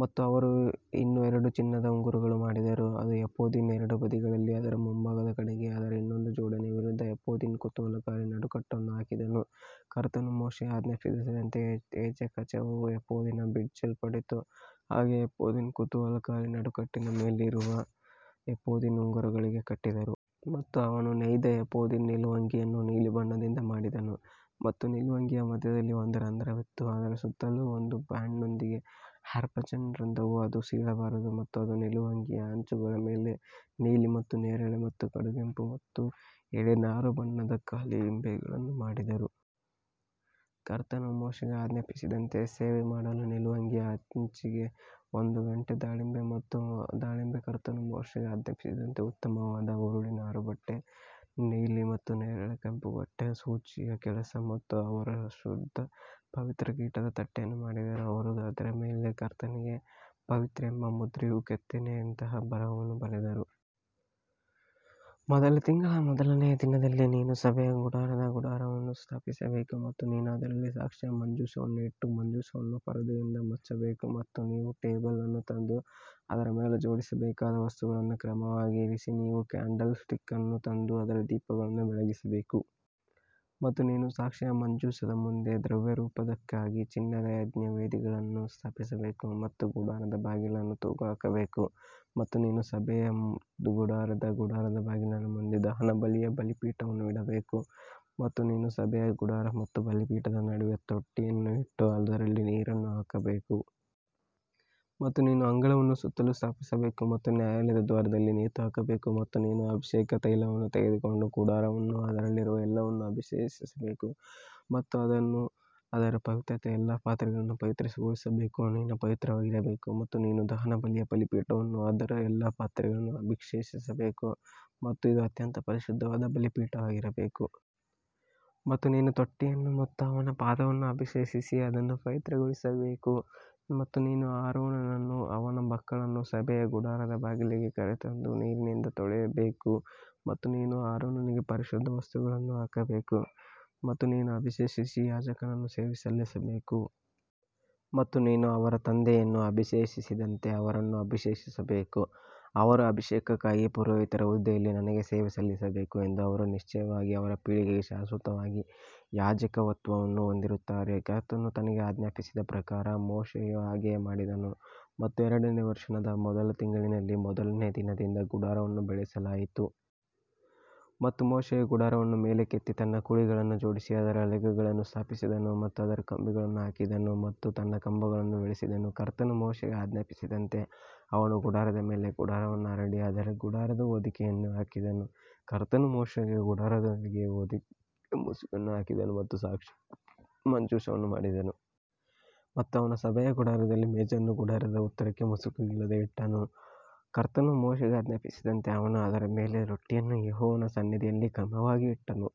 ಮತ್ತು ಅವರು ಇನ್ನೂ ಎರಡು ಚಿನ್ನದ ಉಂಗುರಗಳನ್ನು ಮಾಡಿದರು ಮತ್ತು ಎಫೋದಿನ ಎರಡು ಬದಿಗಳಲ್ಲಿ ಅದರ ಮುಂಭಾಗದ ಕಡೆಗೆ ಅದರ ಇನ್ನೊಂದು ಜೋಡಣೆಯ ವಿರುದ್ಧ ಎಫೋದಿನ ಕುತೂಹಲಕಾರಿ ನಡುಕಟ್ಟನ್ನು ಹಾಕಿದರು. ಕರ್ತನು ಮೋಶೆಗೆ ಆಜ್ಞಾಪಿಸಿದಂತೆ ಎದೆಕವಚವು ಏಫೋದಿನಿಂದ ಬಿಚ್ಚಿಕೊಳ್ಳದ ಹಾಗೆ ಎಫೋದಿನ ಕುತೂಹಲಕಾರಿ ನಡುಕಟ್ಟಿನ ಮೇಲಿರುವಂತೆ ಅವರು ಎದೆಯ ಕವಚವನ್ನು ನೀಲಿ ಕಸೂತಿಯಿಂದ ಏಫೋದಿನ ಉಂಗುರಗಳಿಗೆ ಕಟ್ಟಿದರು. ಮತ್ತು ಅವನು ನೇಯ್ದ ಎಫೋದಿನ ನಿಲುವಂಗಿಯನ್ನು ನೀಲಿ ಬಣ್ಣದಿಂದ ಮಾಡಿದನು ಮತ್ತು ನಿಲುವಂಗಿಯ ಮಧ್ಯದಲ್ಲಿ ಒಂದು ರಂಧ್ರವಿತ್ತು, ಅದರ ಸುತ್ತಲೂ ಒಂದು ಬ್ಯಾಂಡ್ನೊಂದಿಗೆ ಹ್ಯಾಬರ್ಜನ್ನ ರಂಧ್ರವು ಅದು ಸೀಳಬಾರದು. ಮತ್ತು ಅವರು ನಿಲುವಂಗಿಯ ಅಂಚುಗಳ ಮೇಲೆ ನೀಲಿ ಮತ್ತು ನೇರಳೆ ಮತ್ತು ಕಡುಗೆಂಪು ಮತ್ತು ಎಳೆ ನಾರುಬಣ್ಣದ ದಾಳಿಂಬೆಗಳನ್ನು ಮಾಡಿದರು. ಕರ್ತನು ಮೋಶೆಗೆ ಆಜ್ಞಾಪಿಸಿದಂತೆ ಸೇವೆಮಾಡಲು ನಿಲುವಂಗಿಯ ಅಂಚಿಗೆ ಒಂದು ಗಂಟೆ ಮತ್ತು ದಾಳಿಂಬೆ ಒಂದು ಗಂಟೆ ಮತ್ತು ದಾಳಿಂಬೆ ಮತ್ತು ಕರ್ತನು ಮೋಶೆಗೆ ಆಜ್ಞಾಪಿಸಿದಂತೆ ಉತ್ತಮವಾದ ಹುರಿದ ನಾರುಬಟ್ಟೆ ಮತ್ತು ನೀಲಿ ಮತ್ತು ನೇರಳೆ ಮತ್ತು ಕಡುಗೆಂಪು ಬಣ್ಣದ ಸೂಜಿಯ ಕೆಲಸ ಮತ್ತು ಅವರು ಶುದ್ಧ ಚಿನ್ನದಿಂದ ಪವಿತ್ರ ಕಿರೀಟದ ತಟ್ಟೆಯನ್ನು ಮಾಡಿದರು ಮತ್ತು ಅದರ ಮೇಲೆ ಕರ್ತನಿಗೆ ಪವಿತ್ರ ಎಂಬ ಮುದ್ರೆಯ ಕೆತ್ತನೆಯಂತಹ ಬರಹವನ್ನು ಬರೆದರು. ಮೊದಲ ತಿಂಗಳ ಮೊದಲನೆಯ ದಿನದಲ್ಲಿ ನೀನು ಸಭೆಯ ಗುಡಾರದ ಗುಡಾರವನ್ನು ಸ್ಥಾಪಿಸಬೇಕು. ಮತ್ತು ನೀನು ಅದರಲ್ಲಿ ಸಾಕ್ಷಿಯ ಮಂಜೂಷವನ್ನು ಇಟ್ಟು ಮಂಜೂಷವನ್ನು ಪರದೆಯಿಂದ ಮುಚ್ಚಬೇಕು ಮತ್ತು ನೀವು ಟೇಬಲ್ ಅನ್ನು ತಂದು ಅದರ ಮೇಲೆ ಜೋಡಿಸಬೇಕಾದ ವಸ್ತುಗಳನ್ನು ಕ್ರಮವಾಗಿ ಇರಿಸಿ ಮತ್ತು ನೀವು ಕ್ಯಾಂಡಲ್ ಸ್ಟಿಕ್ ಅನ್ನು ತಂದು ಅದರ ದೀಪಗಳನ್ನು ಬೆಳಗಿಸಬೇಕು. ಮತ್ತು ನೀನು ಸಾಕ್ಷಿಯ ಮಂಜೂಷದ ಮುಂದೆ ಧೂಪದ್ರವ್ಯಕ್ಕಾಗಿ ಚಿನ್ನದ ಯಜ್ಞವೇದಿಯನ್ನು ಸ್ಥಾಪಿಸಬೇಕು ಮತ್ತು ಗುಡಾರದ ಬಾಗಿಲನ್ನು ತೂಗು ಹಾಕಬೇಕು. ಮತ್ತು ನೀನು ಸಭೆಯ ಗುಡಾರದ ಗುಡಾರದ ಬಾಗಿಲಿನ ಮುಂದೆ ದಹನಬಲಿಯ ಬಲಿಪೀಠವನ್ನು ಇಡಬೇಕು. ಮತ್ತು ನೀನು ಸಭೆಯ ಗುಡಾರ ಮತ್ತು ಬಲಿಪೀಠದ ನಡುವೆ ತೊಟ್ಟಿಯನ್ನು ಇಟ್ಟು ಅದರಲ್ಲಿ ನೀರನ್ನು ಹಾಕಬೇಕು. ಮತ್ತು ನೀನು ಅಂಗಳವನ್ನು ಸುತ್ತಲೂ ಸ್ಥಾಪಿಸಬೇಕು ಮತ್ತು ನ್ಯಾಯಾಲಯದ ದ್ವಾರದಲ್ಲಿ ನೇತುಹಾಕಬೇಕು ಮತ್ತು ನೀನು ಅಭಿಷೇಕ ತೈಲವನ್ನು ತೆಗೆದುಕೊಂಡು ಗುಡಾರವನ್ನು ಮತ್ತು ಅದರಲ್ಲಿರುವ ಎಲ್ಲವನ್ನೂ ಅಭಿಷೇಕಿಸಬೇಕು ಮತ್ತು ಅದನ್ನು ಮತ್ತು ಅದರ ಎಲ್ಲಾ ಪಾತ್ರೆಗಳನ್ನು ಪವಿತ್ರಗೊಳಿಸಬೇಕು ಮತ್ತು ಅದು ಪವಿತ್ರವಾಗಿರಬೇಕು. ಮತ್ತು ನೀನು ದಹನಬಲಿಯ ಬಲಿಪೀಠವನ್ನು ಮತ್ತು ಅದರ ಎಲ್ಲಾ ಪಾತ್ರೆಗಳನ್ನು ಅಭಿಷೇಕಿಸಬೇಕು ಮತ್ತು ಬಲಿಪೀಠವನ್ನು ಪವಿತ್ರಗೊಳಿಸಬೇಕು ಮತ್ತು ಅದು ಅತ್ಯಂತ ಪರಿಶುದ್ಧವಾದ ಬಲಿಪೀಠವಾಗಿರಬೇಕು. ಮತ್ತು ನೀನು ತೊಟ್ಟಿಯನ್ನು ಮತ್ತು ಅವನ ಪಾದವನ್ನು ಅಭಿಷೇಕಿಸಿ ಅದನ್ನು ಪವಿತ್ರಗೊಳಿಸಬೇಕು ಮತ್ತು ನೀನು ಆರೋನನನ್ನೂ ಅವನ ಮಕ್ಕಳನ್ನೂ ಸಭೆಯ ಗುಡಾರದ ಬಾಗಿಲಿಗೆ ಕರೆತಂದು ನೀರಿನಿಂದ ತೊಳೆಯಬೇಕು. ಮತ್ತು ನೀನು ಆರೋನನಿಗೆ ಪರಿಶುದ್ಧ ವಸ್ತ್ರಗಳನ್ನು ಹಾಕಬೇಕು ಮತ್ತು ಅವನನ್ನು ಅಭಿಷೇಕಿಸಿ ಪವಿತ್ರಗೊಳಿಸಬೇಕು ಮತ್ತು ಅವನು ನನಗೆ ಯಾಜಕ ಹುದ್ದೆಯಲ್ಲಿ ಸೇವೆ ಸಲ್ಲಿಸಬೇಕು. ಮತ್ತು ನೀನು ಅವರ ತಂದೆಯನ್ನು ಅಭಿಷೇಕಿಸಿದಂತೆ ಅವರನ್ನು ಅಭಿಷೇಕಿಸಬೇಕು, ಅವರು ಅಭಿಷೇಕಕ್ಕಾಗಿ ಪುರೋಹಿತರ ಹುದ್ದೆಯಲ್ಲಿ ನನಗೆ ಸೇವೆ ಸಲ್ಲಿಸಬೇಕು ಎಂದು ಅವರು ನಿಶ್ಚಯವಾಗಿ ಅವರ ಪೀಳಿಗೆಗೆ ಶಾಶ್ವತ ಯಾಜಕತ್ವವನ್ನು ಹೊಂದಿರುತ್ತಾರೆ. ಕರ್ತನು ತನಗೆ ಆಜ್ಞಾಪಿಸಿದ ಪ್ರಕಾರ ಮೋಶೆಯು ಹಾಗೆಯೇ ಮಾಡಿದನು ಮತ್ತು ಎರಡನೆಯ ವರ್ಷದ ಮೊದಲನೆಯ ತಿಂಗಳಿನ ಮೊದಲನೆಯ ದಿನದಂದು ಗುಡಾರವನ್ನು ಬೆಳೆಸಲಾಯಿತು. ಮತ್ತು ಮೋಶೆಯು ಗುಡಾರವನ್ನು ಮೇಲಕ್ಕೆತ್ತಿ ತನ್ನ ಕುಳಿಗಳನ್ನು ಜೋಡಿಸಿ ಅದರ ಹಲಗೆಗಳನ್ನು ಸ್ಥಾಪಿಸಿದನು ಮತ್ತು ಅದರ ಕಂಬಿಗಳನ್ನು ಹಾಕಿದನು ಮತ್ತು ತನ್ನ ಕಂಬಗಳನ್ನು ಬೆಳೆಸಿದನು. ಕರ್ತನು ಮೋಶೆಗೆ ಆಜ್ಞಾಪಿಸಿದಂತೆ ಅವನು ಗುಡಾರದ ಮೇಲೆ ಗುಡಾರವನ್ನು ಹರಡಿ ಅದರ ಮೇಲೆ ಗುಡಾರದ ಹೊದಿಕೆಯನ್ನು ಹಾಕಿದನು. ಕರ್ತನು ಮೋಶೆಗೆ ಆಜ್ಞಾಪಿಸಿದಂತೆ ಮಂಜೂಷವನ್ನು ಗುಡಾರದೊಳಗೆ ತಂದು ಹೊದಿಕೆಯ ಮುಸುಕನ್ನು ಹಾಕಿದನು ಮತ್ತು ಸಾಕ್ಷಿಯ ಮಂಜೂಷವನ್ನು ಮುಚ್ಚಿದನು. ಮತ್ತು ಅವನು ಸಭೆಯ ಗುಡಾರದಲ್ಲಿ ಮೇಜನ್ನು ಗುಡಾರದ ಉತ್ತರಕ್ಕೆ ಮುಸುಕು ಇಲ್ಲದೆ ಇಟ್ಟನು. ಕರ್ತನು ಮೋಶೆಗೆ ಆಜ್ಞಾಪಿಸಿದಂತೆ ಅವನು ಅದರ ಮೇಲೆ ರೊಟ್ಟಿಯನ್ನು ಯೆಹೋವನ ಸನ್ನಿಧಿಯಲ್ಲಿ ಕ್ರಮವಾಗಿ ಇಟ್ಟನು.